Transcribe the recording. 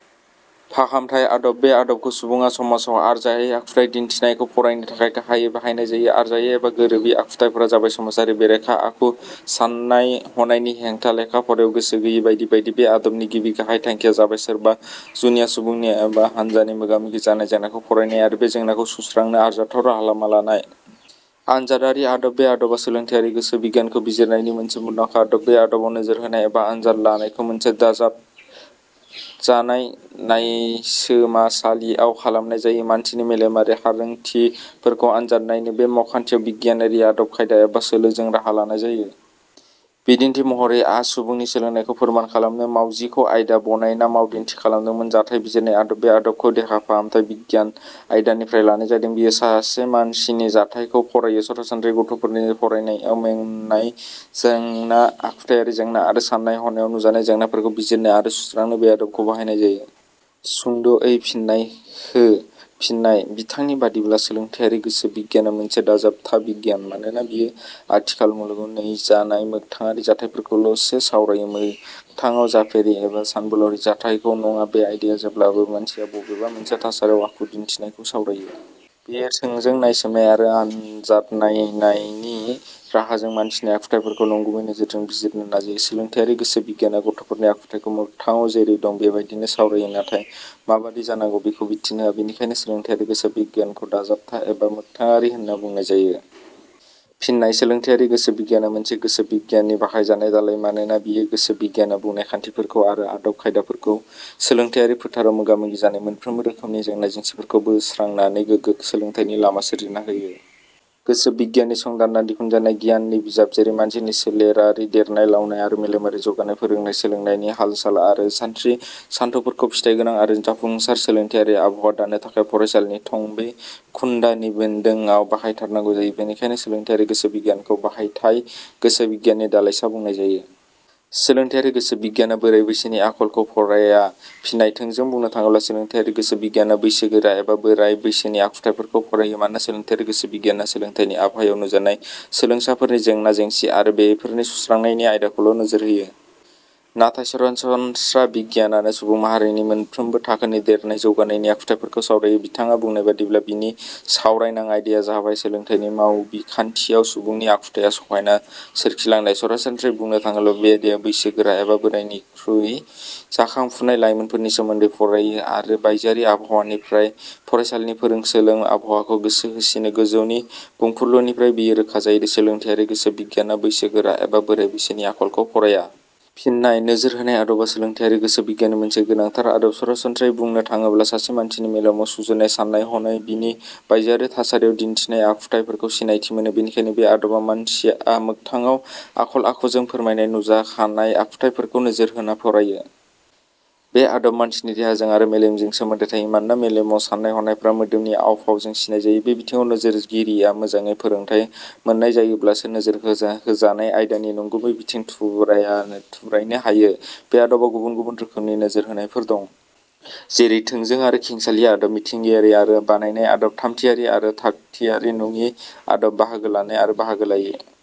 फाहामथाय आदब: बे आदबखौ सुबुङा समाजाव आरजायै आखुथाइ दिन्थिनायखौ फरायनो थाखाय गाहाइयै बाहायनाय जायो। आरजायै एबा गोरोबि आखुथाइफोरा जाबाय-समाजारि बेरेखा आखु, सान्नाय-हनायनि हेंथा, लेखा-फरायाव गोसो गैयि बायदि बायदि। बे आदबनि गिबि गाहाइ थांखिया जाबाय सोरबा जुनिया सुबुंनि एबा हानजानि मोगा-मोगि जानाय जेंनाखौ फरायनाय आरो बे जेंनाखौ सुस्रांनो आरजाथाव राहा लामा लानाय।. आनजादारि आदब: बे आदबा सोलोंथाइयारि गोसो बिगियानखौ बिजिरनायनि मोनसे मुंदांखा आदब। बे आदबाव नोजोर होनाय एबा आनजाद लानायखौ मोनसे दबथायजानाय नायसोमासालि आव खालामनाय जायो। मानसिनि मेलेमारि हारोंथि फोरखौ आनजाद नायनो बे मावखान्थियाव बिगियानारि आदब खायदा एबा सोलोजों राहा लानाय जायो। बिदिन्थि महरै आ सुबुंनि सोलोंनायखौ फोरमान खालामनो मावजिखौ आयदा बनायना मावदिन्थि खालामदोंमोन।. जाथाइ बिजिरनाय आदब: बे आदबखौ देहा फाहामथाइ बिगियान आयदानिफ्राय लानाय जादों। बेयो सासे मानसिनि जाथाय खौ फरायो। सरासनस्रायै गथ 'फोरनि फरायनायाव मोन्नाय जेंना, आखुथाइयारि जेंना आरो सान्नाय हनायाव नुजानाय जेंनाफोरखौ बिजिरनो आरो सुत्रांनो बे आदबखौ बाहायनाय जायो।. सुंद'यै फिननाय हो: फिननाय:बिथां नि बादिब्ला सोलोंथाइयारि गोसो बिगियाना मोनसे दाजाबथा बिगियान। मानोना बियो आथिखाल मुलुगाव नैजानाय मोगथाङारि जाथायफोरखौल 'सो सावरायो। मोगथाङाव जाफेरि एबा सानबोलावरि जाथायखौ नङा। बे आयदाया जेब्लाबो मानसिया बबेबा मोनसे थासारियाव आखु दिन्थिनायखौ सावरायो। बेयो थोंजों नायसोमनाय आरो आनजादनाय नायनायनि राहाजों मानसिनि आखुथायफोरखौ नंगुबै नोजोरजों बिजिरनो नाजायो। सोलोंथाइयारि गोसो बिगियाना गथ'फोरनि आखुथाइफोरखौ मोगथाङाव जेरै- दं बेबादिनो सावरायो नाथाय माबादि जानांगौ बेखौ बिथोन होआ। बेनिखायनो सोलोंथाइयारि गोसो बिगियानखौ दाजाबथा एबा मोगथाङारि होनना बुंनाय जायो। फिननाय: सोलोंथाइयारि गोसो बिगियाना मोनसे गोसो बिगियाननि बाहायजानाय दालाइ। मानोना बेयो गोसो बिगियाना बुंनाय खान्थिफोरखौ आरो आदब खायदाफोरखौ सोलोंथाइयारि फोथाराव मोगा-मोगि जानाय मोनफ्रोमबो रोखोमनि जेंना जेंसिफोरखौ बोत्रांनानै गोगो सोलोंथाइनि लामा सोरजिना होयो। गोसो बिगियाननि संदानना दिहुनजानाय गियाननि बिजाब जेरै मानसिनि सोलेरारि देरनाय-लावनाय आरो मेलेमारि जौगानाय, फोरोंनाय- सोलोंनायनि हालसाल आरो सानस्रि-सानथौफोरखौ फिथाइगोनां आरो जाफुंसार सोलोंथाइयारि आबहावा दानो थाखाय फरायसालिनि थंबै खुन्धानि बेन्दोड़ाव बाहायथारनांगौ जायो। बेनिखायनो सोलोंथाइयारि गोसो बिगियानखौ बाहायथाय गोसो बिगियाननि दालाइसा बुंनाय जायो। सोलोंथाइयारि गोसो बिगियाना बोराइ बैसोनि आखलखौ फराया। फिननाय: थोंजों बुंनो थाङोब्ला सोलोंथायारि गोसो बिगियाना बैसो गोरा एबा बोराय बैसोनि आखुथाइखौ फरायो। मानोना सोलोंथाइयारि गोसो बिगियाना सोलोंथाइनि आबहावायाव नुजानाय सोलोंसाफोरनि जेंना जेंसि आरो बेफोरनि सुस्रांनायनि आयदाखौल'नोजोर होयो। नाथाय सरासनस्रा बिगियानानो सुबुं माहारिनि मोनफ्रोमबो थाखोनि देरनाय जौगानायनि आखुथाइफोरखौ सावरायो। बिथां आ बुंनाय बादिब्ला, बिनि सावरायनां आयदाया जाबाय सोलोंथाइनि मावबिखान्थियाव सुबुंनि आखुथाइया सहायना सोरखिलांनाय। सरासनस्रायै बुंनो थाङोब्ला बे आयदाया बैसो गोरा एबा बोरायफोरनिखुइ जाखां फुनाय लाइमोनफोरनि सोमोन्दै फरायो आरो बायजोआरि आबहावानिख्रुइ फरायसालिनि फोरों सोलों आबहावाखौ गोसो होसिनो गोजौनि बुंफुरलुनिफ्राय बेयो रोखा जायोदि सोलोंथायारि गोसो बिगियाना बैसो गोरा एबा बोराय बैसोनि आखलखौ फराया। फिननाय: नोजोर होनाय आदबा सोलोंथायारि गोसो बिगियाननि मोनसे गोनांथार आदब। सरासनस्रायै बुंनो थाङोब्ला सासे मानसिनि मेलेमाव सुजुनाय साननाय हनाय बिनि बायजोआरि थासारिआव दिन्थिनाय आखुथाइफोरखौ सिनायथि मोनो। बेनिखायनो बे आदबा मानसिया मोगथाङाव आखल-आखुजों फोरमायनाय नुजाखानाय आखुथाइफोरखौ नोजोर होना फरायो। बे आदबाव मानसिनि देहाजों आरो मेलेमजों सोमोन्दो थायो। मानोना मेलेमाव साननाय हनायफोरा मोदोमनि आव-फावजों सिनाय जायो। बे बिथिङाव नोजोरगिरिया मोजाङै फोरोंथाइ मोननाय जायोब्लासो नोजोर होजानाय आयदानि नंगुबै बिथिं थुब्रायनो हायो। बे आदबाव गुबुन गुबुन रोखोमनि नोजोर होनायफोर दं। जेरै- थोंजों आरो खेंसालिया आदब। मिथिंगायारि आरो बानायनाय आदब। थामथियारि आरो थागथियारि नङि आदब। बाहागो लानाय आरो बाहागो लायि।